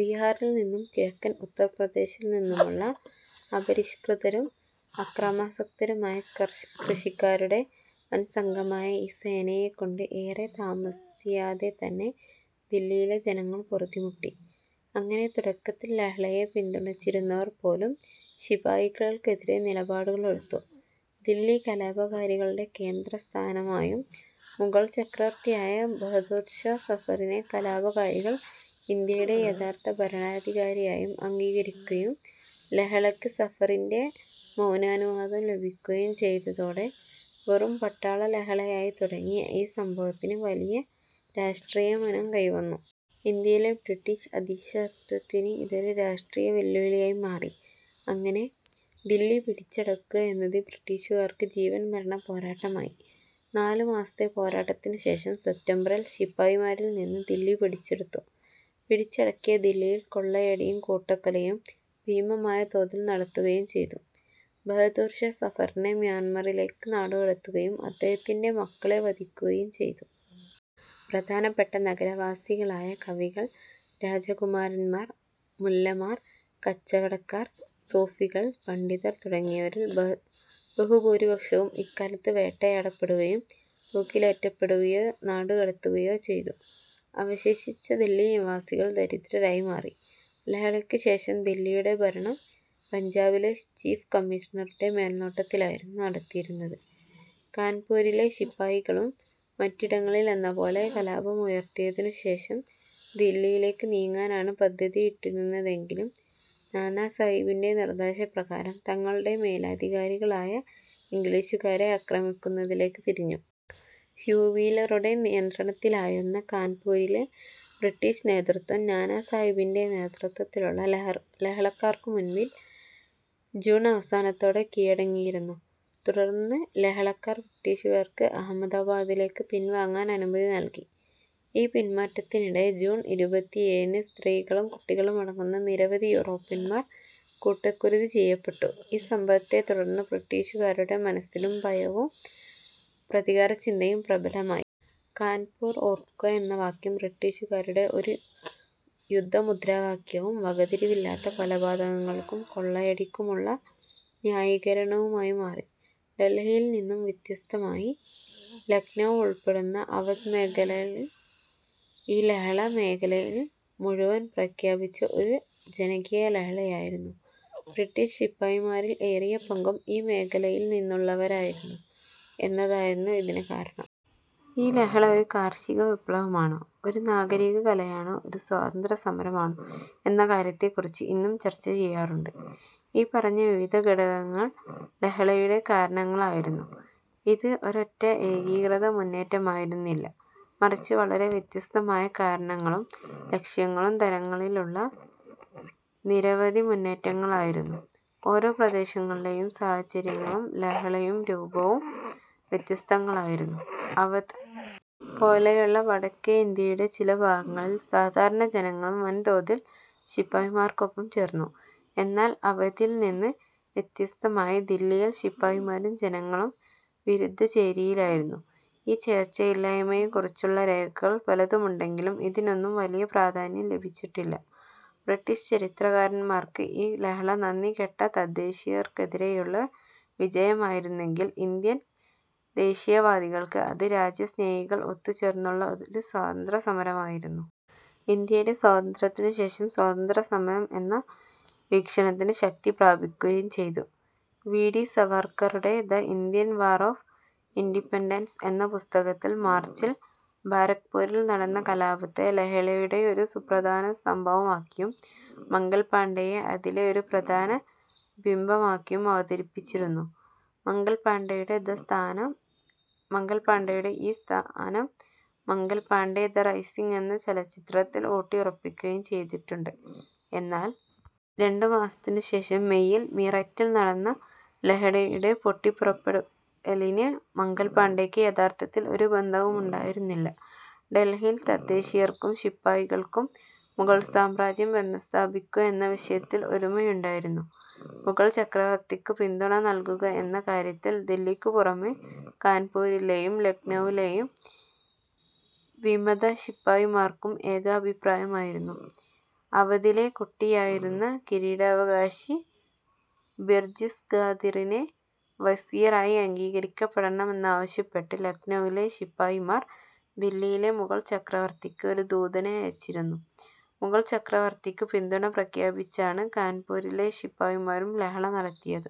ബിഹാറിൽ നിന്നും കിഴക്കൻ ഉത്തർപ്രദേശിൽനിന്നുമുള്ള അപരിഷ്കൃതരും അക്രമാസക്തരുമായ കൃഷിക്കാരുടെ വൻസംഘമായ ഈ സേനയെക്കൊണ്ട് ഏറെ താമസിയാതെതന്നെ ദില്ലിയിലെ ജനങ്ങൾ പൊറുതിമുട്ടി. അങ്ങനെ തുടക്കത്തിൽ ലഹളയെ പിന്തുണച്ചിരുന്നവർ പോലും ശിപായികൾക്കെതിരായ നിലപാടുകളെടുത്തു. ദില്ലി കലാപകാരികളുടെ കേന്ദ്രസ്ഥാനമായും മുഗൾ ചക്രവർത്തിയായ ബഹദൂർഷാ സഫറിനെ കലാപകാരികൾ ഇന്ത്യയുടെ യഥാർത്ഥ ഭരണാധികാരിയായും അംഗീകരിക്കുകയും ലഹളക്ക് സഫറിൻ്റെ മൗനാനുവാദം ലഭിക്കുകയും ചെയ്തതോടെ വെറും പട്ടാളലഹളയായി തുടങ്ങിയ ഈ സംഭവത്തിന് വലിയ രാഷ്ട്രീയമാനം കൈവന്നു. ഇന്ത്യയിലെ ബ്രിട്ടീഷ് അധീശത്വത്തിന് ഇതൊരു രാഷ്ട്രീയവെല്ലുവിളിയായി മാറി. അങ്ങനെ, ദില്ലി പിടിച്ചടക്കുക എന്നത് ബ്രിട്ടീഷുകാർക്ക് ജീവൻമരണപ്പോരാട്ടമായി. നാലുമാസത്തെ പോരാട്ടത്തിനു ശേഷം സെപ്റ്റംബറിൽ ശിപായിമാരിൽനിന്ന് ദില്ലി പിടിച്ചെടുത്തു. പിടിച്ചടക്കിയ ദില്ലിയിൽ കൊള്ളയടിയും കൂട്ടക്കൊലയും ഭീമമായ തോതിൽ നടത്തുകയും ചെയ്തു. ബഹാദൂർഷാ സഫറിനെ മ്യാൻമറിലേക്ക് നാടുകടത്തുകയും അദ്ദേഹത്തിൻ്റെ മക്കളെ വധിക്കുകയും ചെയ്തു. പ്രധാനപ്പെട്ട നഗരവാസികളായ കവികൾ, രാജകുമാരന്മാർ, മുല്ലമാർ, കച്ചവടക്കാർ, സൂഫികൾ, പണ്ഡിതർ തുടങ്ങിയവരിൽ ബഹുഭൂരിപക്ഷവും ഇക്കാലത്ത് വേട്ടയാടപ്പെടുകയും തൂക്കിലേറ്റപ്പെടുകയോ നാടുകടത്തപ്പെടുകയോ ചെയ്തു. അവശേഷിച്ച ദില്ലി നിവാസികൾ ദരിദ്രരായി മാറി. ലഹളയ്ക്കുശേഷം ദില്ലിയുടെ ഭരണം പഞ്ചാബിലെ ചീഫ് കമ്മീഷണറുടെ മേൽനോട്ടത്തിലായിരുന്നു നടത്തിയിരുന്നത്. കാൻപൂരിലെ ശിപായികളും മറ്റിടങ്ങളിലെന്നപോലെ കലാപമുയർത്തിയതിനുശേഷം ദില്ലിയിലേക്ക് നീങ്ങാനാണ് പദ്ധതിയിട്ടിരുന്നതെങ്കിലും, നാനാസാഹിബിൻ്റെ നിർദ്ദേശപ്രകാരം തങ്ങളുടെ മേലധികാരികളായ ഇംഗ്ലീഷുകാരെ ആക്രമിക്കുന്നതിലേക്ക് തിരിഞ്ഞു. ഹ്യൂ വീലറുടെ നിയന്ത്രണത്തിലായിരുന്ന കാൻപൂരിലെ ബ്രിട്ടീഷ് നേതൃത്വം, നാനാസാഹിബിൻ്റെ നേതൃത്വത്തിലുള്ള ലഹളക്കാർക്കുമുമ്പിൽ ജൂൺ അവസാനത്തോടെ കീഴടങ്ങിയിരുന്നു. തുടർന്ന് ലഹളക്കാർ ബ്രിട്ടീഷുകാർക്ക് അലഹബാദിലേക്ക് പിൻവാങ്ങാൻ അനുമതി നൽകി. ഈ പിൻമാറ്റത്തിനിടെ ജൂൺ ഇരുപത്തിയേഴിന് സ്ത്രീകളും കുട്ടികളുമടങ്ങുന്ന നിരവധി യൂറോപ്യന്മാർ കൂട്ടക്കുരുതി ചെയ്യപ്പെട്ടു.ഈ സംഭവത്തെത്തുടർന്ന് ബ്രിട്ടീഷുകാരുടെ മനസ്സിലും ഭയവും പ്രതികാരചിന്തയും പ്രബലമായി. കാൻപൂർ ഓർക്കുക എന്ന വാക്യം ബ്രിട്ടീഷുകാരുടെ ഒരു യുദ്ധമുദ്രാവാക്യവും, വകതിരിവില്ലാത്ത കൊലപാതകങ്ങൾക്കും കൊള്ളയടിക്കുമുള്ള ന്യായീകരണവുമായി മാറി. ഡൽഹിയിൽ നിന്നും വ്യത്യസ്തമായി, ലക്നൗ ഉൾപ്പെടുന്ന അവധ് മേഖലയിൽ ഈ ലഹള മേഖലയിൽ മുഴുവനും വ്യാപിച്ച ഒരു ജനകീയലഹളയായിരുന്നു. ബ്രിട്ടീഷ് ശിപായിമാരിൽ ഏറിയ പങ്കും ഈ മേഖലയിൽനിന്നുള്ളവരായിരുന്നു എന്നതായിരുന്നു ഇതിന് കാരണം. ഈ ലഹള ഒരു കാർഷികവിപ്ലവമാണോ, ഒരു നാഗരികലഹളയാണോ, ഒരു സ്വാതന്ത്ര്യ സമരമാണോ എന്ന കാര്യത്തെക്കുറിച്ച് ഇന്നും ചർച്ച ചെയ്യപ്പെടാറുണ്ട്. ഈ പറഞ്ഞ വിവിധ ഘടകങ്ങൾ ലഹളയുടെ കാരണങ്ങളായിരുന്നു. ഇത് ഒരൊറ്റ ഏകീകൃത മുന്നേറ്റമായിരുന്നില്ല, മറിച്ച് വളരെ വ്യത്യസ്തമായ കാരണങ്ങളും ലക്ഷ്യങ്ങളും തരങ്ങളിലുമുള്ള നിരവധി മുന്നേറ്റങ്ങളായിരുന്നു. ഓരോ പ്രദേശങ്ങളിലെയും സാഹചര്യങ്ങളും ലഹളയുടെ രൂപവും വ്യത്യസ്തങ്ങളായിരുന്നു. അവധ് പോലെയുള്ള വടക്കേയിന്ത്യയുടെ ചില ഭാഗങ്ങളിൽ സാധാരണ ജനങ്ങളും വൻതോതിൽ ശിപായിമാർക്കൊപ്പം ചേർന്നു. എന്നാൽ അവധിൽനിന്ന് വ്യത്യസ്തമായി ദില്ലിയിൽ ശിപായിമാരും ജനങ്ങളും വിരുദ്ധചേരിയിലായിരുന്നു. ഈ ചേർച്ചയില്ലായ്മയെക്കുറിച്ചുള്ള രേഖകൾ പലതുമുണ്ടെങ്കിലും ഇതിനൊന്നും വലിയ പ്രാധാന്യം ലഭിച്ചിട്ടില്ല. ബ്രിട്ടീഷ് ചരിത്രകാരന്മാർക്ക് ഈ ലഹള നന്ദികെട്ട തദ്ദേശീയർക്കെതിരെയുള്ള വിജയമായിരുന്നെങ്കിൽ, ഇന്ത്യൻ ദേശീയവാദികൾക്ക് അത് രാജ്യസ്നേഹികൾ ഒത്തുചേർന്നുള്ള ഒരു സ്വാതന്ത്ര്യസമരമായിരുന്നു. ഇന്ത്യയുടെ സ്വാതന്ത്ര്യത്തിനുശേഷം സ്വാതന്ത്ര്യസമരം എന്ന വീക്ഷണത്തിന് ശക്തിപ്രാപിക്കുകയും ചെയ്തു. വി ഡി സവർക്കറുടെ the Indian war of independence എന്ന പുസ്തകത്തിൽ മാർച്ചിൽ ബാരക്ക്പൂരിൽ നടന്ന കലാപത്തെ ലഹളയുടെ ഒരു സുപ്രധാന സംഭവമാക്കിയും മംഗൽ പാണ്ഡെയെ അതിലെ ഒരു പ്രധാന ബിംബമാക്കിയും അവതരിപ്പിച്ചിരുന്നു. മംഗൽ പാണ്ഡെയുടെ ഈ സ്ഥാനം മംഗൽ പാണ്ഡെ ദ റൈസിങ് എന്ന ചലച്ചിത്രത്തിൽ ഊട്ടിയുറപ്പിക്കുകയും ചെയ്തിട്ടുണ്ട്. എന്നാൽ രണ്ടു മാസത്തിനുശേഷം മേയിൽ മീററ്റിൽ നടന്ന ലഹളയുടെ പൊട്ടിപ്പുറപ്പെടലിന് മംഗൽ പാണ്ഡെയ്ക്ക് യഥാർത്ഥത്തിൽ ഒരു ബന്ധവുമുണ്ടായിരുന്നില്ല. ഡെൽഹിയിൽ തദ്ദേശീയർക്കും ശിപായികൾക്കും മുഗൾ സാമ്രാജ്യം പുനഃസ്ഥാപിക്കുക എന്ന വിഷയത്തിൽ ഒരുമയുണ്ടായിരുന്നു. മുഗൾ ചക്രവർത്തിക്ക് പിന്തുണ നൽകുക എന്ന കാര്യത്തിൽ ദില്ലിക്കുപുറമേ കാൻപൂരിലെയും ലക്നൗവിലെയും വിമതശിപായിമാർക്കും ഏകാഭിപ്രായമായിരുന്നു. അവധിലെ കുട്ടിയായിരുന്ന കിരീടാവകാശി ബിർജിസ് ഖാദിറിനെ വസീറായി അംഗീകരിക്കണമെന്നാവശ്യപ്പെട്ട് ലക്നൗവിലെ ശിപായിമാർ ദില്ലിയിലെ മുഗൾ ചക്രവർത്തിക്ക് ഒരു ദൂതനെ അയച്ചിരുന്നു. മുഗൾ ചക്രവർത്തിക്ക് പിന്തുണ പ്രഖ്യാപിച്ചാണ് കാൻപൂരിലെ ശിപായിമാരും ലഹള നടത്തിയത്.